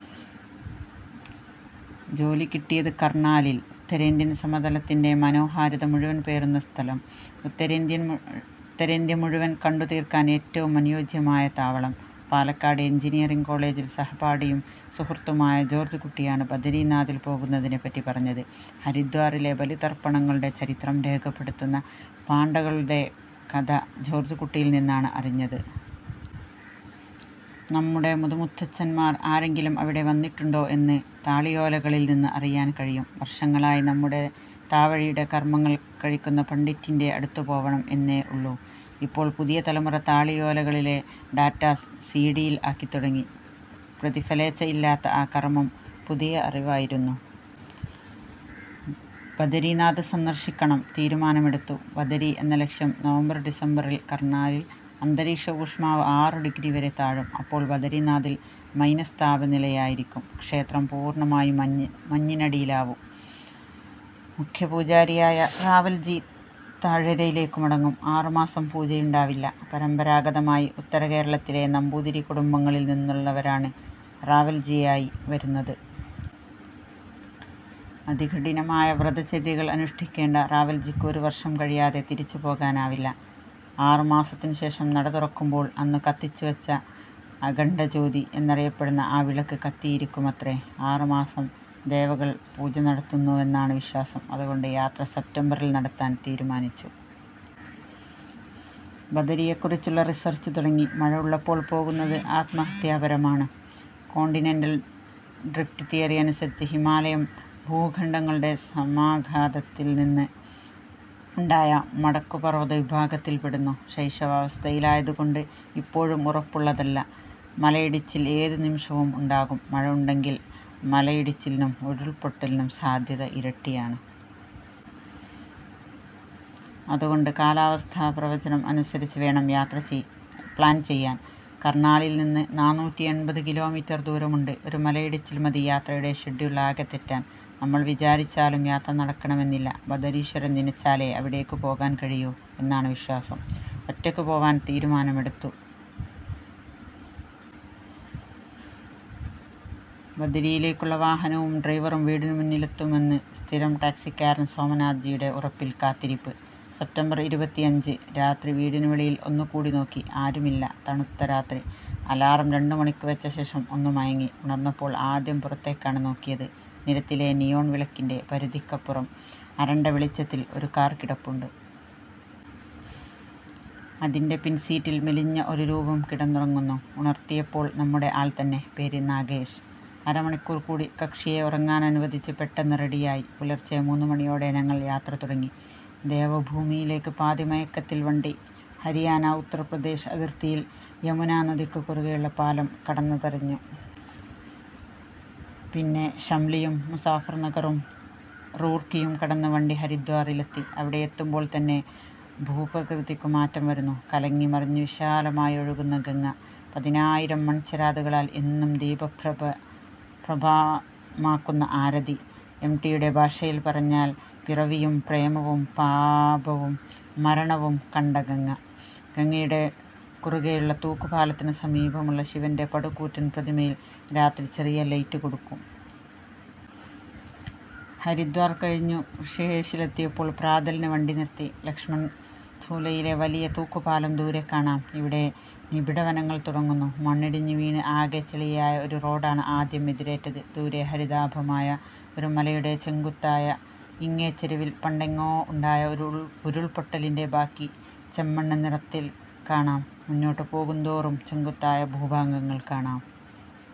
ജോലി കിട്ടിയത് കർണാലിൽ. ഉത്തരേന്ത്യൻ സമതലത്തിൻ്റെ മനോഹാരിത മുഴുവൻ പേറുന്ന സ്ഥലം. ഉത്തരേന്ത്യ മുഴുവൻ കണ്ടു തീർക്കാൻ ഏറ്റവും അനുയോജ്യമായ താവളം. പാലക്കാട് എൻജിനീയറിങ് കോളജിൽ സഹപാഠിയും സുഹൃത്തുമായ ജോർജ് കുട്ടിയാണ് ബദരിനാഥിൽ പോകുന്നതിനെപ്പറ്റി പറഞ്ഞത്. ഹരിദ്വാറിലെ ബലി തർപ്പണങ്ങളുടെ ചരിത്രം രേഖപ്പെടുത്തുന്ന പാണ്ഡകളുടെ കഥ ജോർജ് കുട്ടിയിൽ നിന്നാണ് അറിഞ്ഞത്. നമ്മുടെ മുതുമുത്തച്ഛന്മാർ ആരെങ്കിലും അവിടെ വന്നിട്ടുണ്ടോ എന്ന് താളിയോലകളിൽ നിന്ന് അറിയാൻ കഴിയും. വർഷങ്ങളായി നമ്മുടെ താവഴിയുടെ കർമങ്ങൾ കഴിക്കുന്ന പണ്ഡിറ്റിൻ്റെ അടുത്തു പോവണം എന്നേ ഉള്ളൂ. ഇപ്പോൾ പുതിയ തലമുറ താളിയോലകളിലെ ഡാറ്റാസ് സിഡിയിൽ ആക്കിത്തുടങ്ങി. പ്രതിഫലേച്ഛ ഇല്ലാത്ത ആ കർമം പുതിയ അറിവായിരുന്നു. ബദരിനാഥ് സന്ദർശിക്കണം, തീരുമാനമെടുത്തു. ബദരി എന്ന ലക്ഷ്യം നവംബർ ഡിസംബറിൽ കർനാലിൽ അന്തരീക്ഷ ഊഷ്മാവ് ആറു ഡിഗ്രി വരെ താഴും. അപ്പോൾ ബദരിനാഥിൽ മൈനസ് താപനിലയായിരിക്കും. ക്ഷേത്രം പൂർണമായി മഞ്ഞിനടിയിലാവും. മുഖ്യ പൂജാരിയായ റാവൽജി താഴ്വരയിലേക്കു മടങ്ങും. ആറുമാസം പൂജയുണ്ടാവില്ല. പരമ്പരാഗതമായി ഉത്തരകേരളത്തിലെ നമ്പൂതിരി കുടുംബങ്ങളിൽ നിന്നുള്ളവരാണ് റാവൽജിയായി വരുന്നത്. അതികഠിനമായ വ്രതചര്യകൾ അനുഷ്ഠിക്കേണ്ട റാവൽജിക്കു ഒരു വർഷം കഴിയാതെ തിരിച്ചു പോകാനാവില്ല. ആറു മാസത്തിനു ശേഷം നട തുറക്കുമ്പോൾ അന്നു കത്തിച്ചു വച്ച "അഖണ്ഡ ജ്യോതി" എന്നറിയപ്പെടുന്ന ആ വിളക്ക് കത്തിയിരിക്കുമത്രേ. ആറു മാസം ദേവകൾ പൂജ നടത്തുന്നുവെന്നാണ് വിശ്വാസം. അതുകൊണ്ട് യാത്ര സെപ്റ്റംബറിൽ നടത്താൻ തീരുമാനിച്ചു. ബദരിയെക്കുറിച്ചുള്ള റിസർച് തുടങ്ങി. മഴ ഉള്ളപ്പോൾ പോകുന്നത് ആത്മഹത്യാപരമാണ്. കോണ്ടിനെൻ്റൽ ഡ്രിഫ്റ്റ് തിയറി അനുസരിച്ച് ഹിമാലയം ഭൂഖണ്ഡങ്ങളുടെ സമാഘാതത്തിൽ നിന്ന് ഉണ്ടായ മടക്കു പർവത വിഭാഗത്തിൽ പെടുന്നു. ശൈശവ അവസ്ഥയിലായതു കൊണ്ട് ഇപ്പോഴും ഉറപ്പുള്ളതല്ല. മലയിടിച്ചിൽ ഏതു നിമിഷവും ഉണ്ടാകും. മഴ ഉണ്ടെങ്കിൽ മലയിടിച്ചിലിനും ഉരുൾപൊട്ടലിനും ഉള്ള സാധ്യത ഇരട്ടിയാണ്. അതുകൊണ്ട് കാലാവസ്ഥാ പ്രവചനം അനുസരിച്ച് വേണം യാത്ര പ്ലാൻ ചെയ്യാൻ.. കർണാലിൽ നിന്ന് നാന്നൂറ്റിഎൺപത് കിലോമീറ്റർ ദൂരമുണ്ട്. ഒരു മലയിടിച്ചിൽ മതി യാത്രയുടെ ഷെഡ്യൂൾ ആകെ തെറ്റാൻ. നമ്മൾ വിചാരിച്ചാലും യാത്ര നടക്കണമെന്നില്ല. ബദരീശ്വരൻ നിനച്ചാലെ അവിടേക്കു പോകാൻ കഴിയൂ എന്നാണു വിശ്വാസം. ഒറ്റക്കു പോവാൻ തീരുമാനമെടുത്തു. ബദരിയിലേക്കുള്ള വാഹനവും ഡ്രൈവറും വീടിനുമുമ്പിലെത്തുമെന്ന് സ്ഥിരം ടാക്സിക്കാരൻ സോമനാഥ് ജിയുടെ ഉറപ്പിൽ കാത്തിരിപ്പ്. സെപ്റ്റംബർ ഇരുപത്തിഅഞ്ച്, രാത്രി. വീടിനു വെളിയിൽ ഒന്നു കൂടി നോക്കി. ആരുമില്ല. തണുത്ത രാത്രി. അലാറം രണ്ടു മണിക്കു വച്ച ശേഷം ഒന്നു മയങ്ങി. ഉണർന്നപ്പോൾ ആദ്യം പുറത്തേക്കാണ് നോക്കിയത്. നിരത്തിലെ നിയോൺ വിളക്കിൻ്റെ പരിധിക്കപ്പുറം അരണ്ട വെളിച്ചത്തിൽ ഒരു കാർ കിടപ്പുണ്ട്. അതിൻ്റെ പിൻസീറ്റിൽ മെലിഞ്ഞ ഒരു രൂപം കിടന്നുറങ്ങുന്നു. ഉണർത്തിയപ്പോൾ നമ്മുടെ ആൾ തന്നെ. പേര് നാഗേഷ്. അര മണിക്കൂർ കൂടി കക്ഷിയെ ഉറങ്ങാനനുവദിച്ച് പെട്ടെന്ന് റെഡിയായി. പുലർച്ചെ മൂന്നു മണിയോടെ ഞങ്ങൾ യാത്ര തുടങ്ങി. ദേവഭൂമിയിലേക്ക് പാതിമയക്കത്തിൽ വണ്ടി ഹരിയാന ഉത്തരപ്രദേശ് അതിർത്തിയിൽ യമുനനദിക്കു കുറുകെയുള്ള പാലം കടന്നതറിഞ്ഞു. പിന്നെ ഷംലിയും മുസഫർനഗറും റൂർക്കിയും കടന്ന് വണ്ടി ഹരിദ്വാറിലെത്തി. അവിടെയെത്തുമ്പോൾ തന്നെ ഭൂപ്രകൃതിക്കു മാറ്റം വരുന്നു. കലങ്ങി മറിഞ്ഞു വിശാലമായി ഒഴുകുന്ന ഗംഗ. പതിനായിരം മൺചെരാതുകളാൽ എന്നും ദീപപ്രഭമാക്കുന്ന ആരതി. എം. ടിയുടെ ഭാഷയിൽ പറഞ്ഞാൽ "പിറവിയും പ്രേമവും പാപവും മരണവും കണ്ട ഗംഗ". ഗംഗയുടെ കുറുകെയുള്ള തൂക്കു പാലത്തിനു സമീപമുള്ള ശിവൻ്റെ പടുകൂറ്റൻ പ്രതിമയിൽ രാത്രി ചെറിയ ലൈറ്റ് കൊടുക്കും. ഹരിദ്വാർ കഴിഞ്ഞു ഋഷികേശിലെത്തിയപ്പോൾ പ്രാതലിന് വണ്ടി നിർത്തി. ലക്ഷ്മൺ ഝൂലയിലെ വലിയ തൂക്കുപാലം ദൂരെ കാണാം. ഇവിടെ നിബിഢവനങ്ങൾ തുടങ്ങുന്നു. മണ്ണിടിഞ്ഞു വീണ് ആകെ ചെളിയായ ഒരു റോഡാണ് ആദ്യം എതിരേറ്റത്. ദൂരെ ഹരിതാഭമായ ഒരു മലയുടെ ചെങ്കുത്തായ ഇങ്ങേച്ചെരുവിൽ പണ്ടെങ്ങോ ഉണ്ടായ ഒരു ഉരുൾ പൊട്ടലിൻ്റെ ബാക്കി ചെമ്മണ്ണ് നിറത്തിൽ കാണാം. മുന്നോട്ടു പോകുന്തോറും ചെങ്കുത്തായ ഭൂഭാഗങ്ങൾ കാണാം.